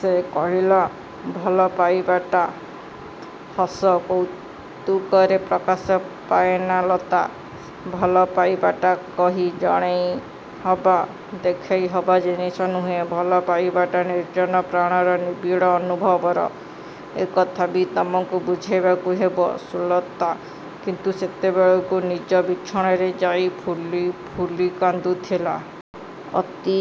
ସେ କହିଲା, ଭଲ ପାଇବାଟା ହସ କୌତୁକରେ ପ୍ରକାଶ ପାଏନା ଲତା! ଭଲପାଇବାଟା କହି ଜଣେଇହବା, ଦେଖେଇହବା ଜିନିଷ ନୁହେଁ। ଭଲପାଇବାଟା ନିର୍ଜନ ପ୍ରାଣର, ନିବିଡ଼ ଅନୁଭବର। ଏ କଥା ବି ତମକୁ ବୁଝେଇବାକୁ ହେବ। ସୁଲତା କିନ୍ତୁ ସେତେବେଳେକୁ ନିଜ ବିଛଣାରେ ଯାଇ ଫୁଲି ଫୁଲି କାନ୍ଦୁଥିଲା। ଅତି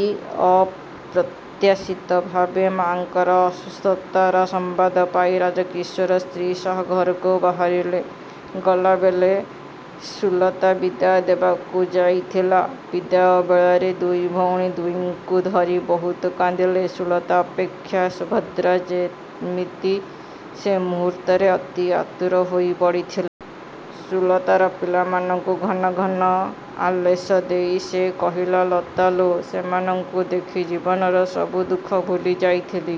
ଅପ୍ରତ୍ୟାଶିତ ଭାବେ ମା'ଙ୍କର ଅସୁସ୍ଥତାର ସମ୍ବାଦ ପାଇ ରାଜକିଶୋର ସ୍ତ୍ରୀ ସହ ଘରକୁ ବାହାରିଲେ। ଗଲାବେଳେ ସୁଲତା ବିଦାୟ ଦେବାକୁ ଯାଇଥିଲା। ବିଦାୟ ବେଳାରେ ଦୁଇ ଭଉଣୀ ଦୁହିଁଙ୍କୁ ଧରି ବହୁତ କାନ୍ଦିଲେ। ସୁଲତା ଅପେକ୍ଷା ସୁଭଦ୍ରା। ଯେମିତି ସେ ମୁହୂର୍ତ୍ତରେ ଅତି ଆତୁର ହୋଇ ପଡ଼ିଥିଲା। ସୁଲତାର ପିଲାମାନଙ୍କୁ ଘନଘନ ଆଶ୍ଲେଷ ଦେଇ ସେ କହିଲା, ଲତା ଲୋ, ସେମାନଙ୍କୁ ଦେଖି ଜୀବନର ସବୁ ଦୁଃଖ ଭୁଲି ଯାଇଥିଲି।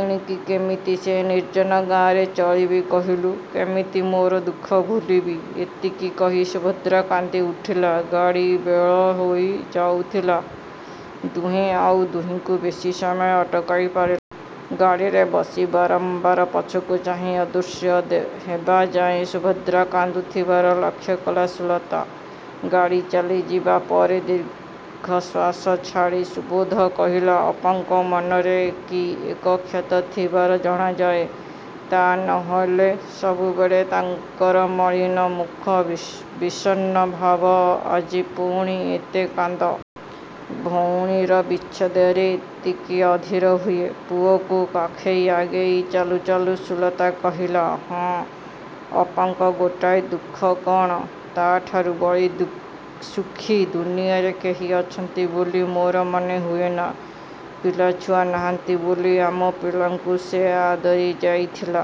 ଏଣିକି କେମିତି ସେ ନିର୍ଜନ ଗାଁରେ ଚଳିବି କହିଲୁ? କେମିତି ମୋର ଦୁଃଖ ଭୁଲିବି? ଏତିକି କହି ସୁଭଦ୍ରା କାନ୍ଦି ଉଠିଲା। ଗାଡ଼ି ବେଳ ହୋଇ ଯାଇଥିଲା-ଦୁହେଁ ଆଉ ଦୁହିଁଙ୍କୁ ବେଶୀ ସମୟ ଅଟକାଇ ପାରିଲେ ନାହିଁ। ଗାଡ଼ିରେ ବସି ବାରମ୍ବାର ପଛକୁ ଚାହିଁ ଅଦୃଶ୍ୟ ହେବାଯାଏ ସୁଭଦ୍ରା କାନ୍ଦୁଥିବାର ଲକ୍ଷ୍ୟକଲା ସୁଲତା-। ଗାଡ଼ି ଚାଲିଯିବା ପରେ ଦୀର୍ଘଶ୍ୱାସ ଛାଡ଼ି ସୁବୋଧ କହିଲା-ଅପାଙ୍କ ମନରେ କି ଏକ କ୍ଷତ ଥିବାର ଜଣାଯାଏ। ତା' ନହେଲେ ସବୁବେଳେ ତାଙ୍କର ମଳିନ ମୁଖ, ବିଷର୍ଣ୍ଣ ଭାବ। ଆଜି ପୁଣି ଏତେ କାନ୍ଦ। ଭଉଣୀର ବିଚ୍ଛେଦରେ ଏତିକି ଅଧୀର ହୁଏ? ପୁଅକୁ କାଖେଇ ଆଗେଇ ଚାଲୁ ଚାଲୁ ସୁଲତା କହିଲା-ଅଃ, ଅପାଙ୍କ ଗୋଟାଏ ଦୁଃଖ କ'ଣ? ତା' ଠାରୁ ବଳି ସୁଖୀ ଦୁନିଆରେ କେହି ଅଛନ୍ତି ବୋଲି ମୋର ମନେ ହୁଏନା। ପିଲାଛୁଆ ନାହାନ୍ତି ବୋଲି ଆମ ପିଲାଙ୍କୁ ସେ ଆଦରି ଯାଇଥିଲା।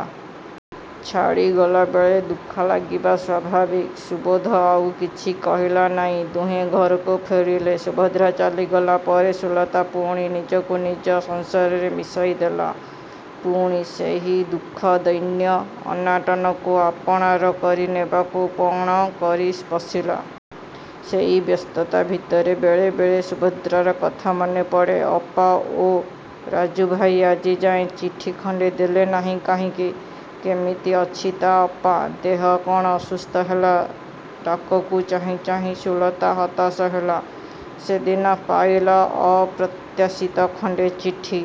ଛାଡ଼ିଗଲା ବେଳେ ଦୁଃଖ ଲାଗିବା ସ୍ଵାଭାବିକ। ସୁବୋଧ ଆଉ କିଛି କହିଲା ନାଇଁ। ଦୁହେଁ ଘରକୁ ଫେରିଲେ। ସୁଭଦ୍ରା ଚାଲିଗଲା ପରେ ସୁଲତା ପୁଣି ନିଜକୁ ନିଜ ସଂସାରରେ ମିଶାଇ ଦେଲା। ପୁଣି ସେହି ଦୁଃଖ ଦୈନ୍ୟ, ଅନାଟନକୁ ଆପଣାର କରି ନେବାକୁ ପଣ କରି ବସିଲା। ସେଇ ବ୍ୟସ୍ତତା ଭିତରେ ବେଳେବେଳେ ସୁଭଦ୍ରାର କଥା ମନେ ପଡ଼େ। ଅପା ଓ ରାଜୁଭାଇ ଆଜିଯାଏଁ ଚିଠି ଖଣ୍ଡେ ଦେଲେ ନାହିଁ କାହିଁକି? କେମିତି ଅଛି ତା' ଅପା? ଦେହ କ'ଣ ଅସୁସ୍ଥ ହେଲା? ଡାକକୁ ଚାହିଁ ଚାହିଁ ସୁଲତା ହତାଶ ହେଲା। ସେଦିନ ପାଇଲା ଅପ୍ରତ୍ୟାଶିତ ଖଣ୍ଡେ ଚିଠି।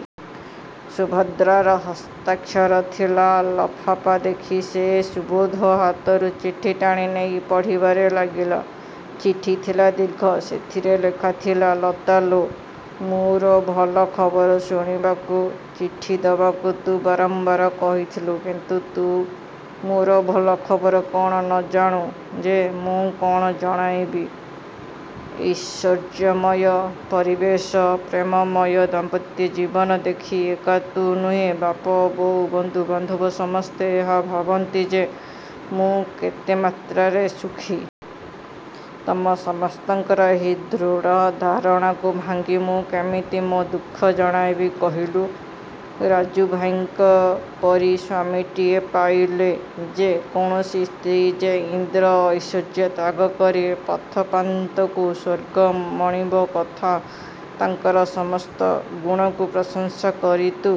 ସୁଭଦ୍ରାର ହସ୍ତାକ୍ଷର ଥିବା ଲଫାପା ଦେଖି ସେ ସୁବୋଧ ହାତରୁ ଚିଠି ଟାଣି ନେଇ ପଢ଼ିବାରେ ଲାଗିଲା। ଚିଠି ଥିଲା ଦୀର୍ଘ। ସେଥିରେ ଲେଖା ଥିଲା-. ଲତା ଲୋ, ମୋର ଭଲ ଖବର ଶୁଣିବାକୁ ଚିଠି ଦବାକୁ ତୁ ବାରମ୍ବାର କହିଥିଲୁ କିନ୍ତୁ ତୁ ମୋର ଭଲ ଖବର କ'ଣ ନଜାଣୁ ଯେ ମୁଁ କ'ଣ ଜଣାଇବି ଐଶ୍ୱର୍ଯ୍ୟମୟ ପରିବେଶ, ପ୍ରେମମୟ ଦାମ୍ପତ୍ୟ ଜୀବନ ଦେଖି ଏକା ତୁ ନୁହେଁ, ବାପା, ବୋଉ, ବନ୍ଧୁବାନ୍ଧବ ସମସ୍ତେ ଏହା ଭାବନ୍ତି ଯେ ମୁଁ କେତେ ମାତ୍ରାରେ ସୁଖୀ। ତମ ସମସ୍ତଙ୍କର ଏହି ଦୃଢ଼ ଧାରଣାକୁ ଭାଙ୍ଗି ମୁଁ କେମିତି ମୋ ଦୁଃଖ ଜଣାଇବି କହିଲୁ? ରାଜୁ ଭାଇଙ୍କ ପରି ସ୍ୱାମୀଟିଏ ପାଇଲେ ଯେ କୌଣସି ସ୍ତ୍ରୀ ଯେ ଇନ୍ଦ୍ର ଐଶ୍ୱର୍ଯ୍ୟ ତ୍ୟାଗ କରି ପଥପ୍ରାନ୍ତକୁ ସ୍ୱର୍ଗ ମଣିବ କଥା ତାଙ୍କର ସମସ୍ତ ଗୁଣକୁ ପ୍ରଶଂସା କରି ତୁ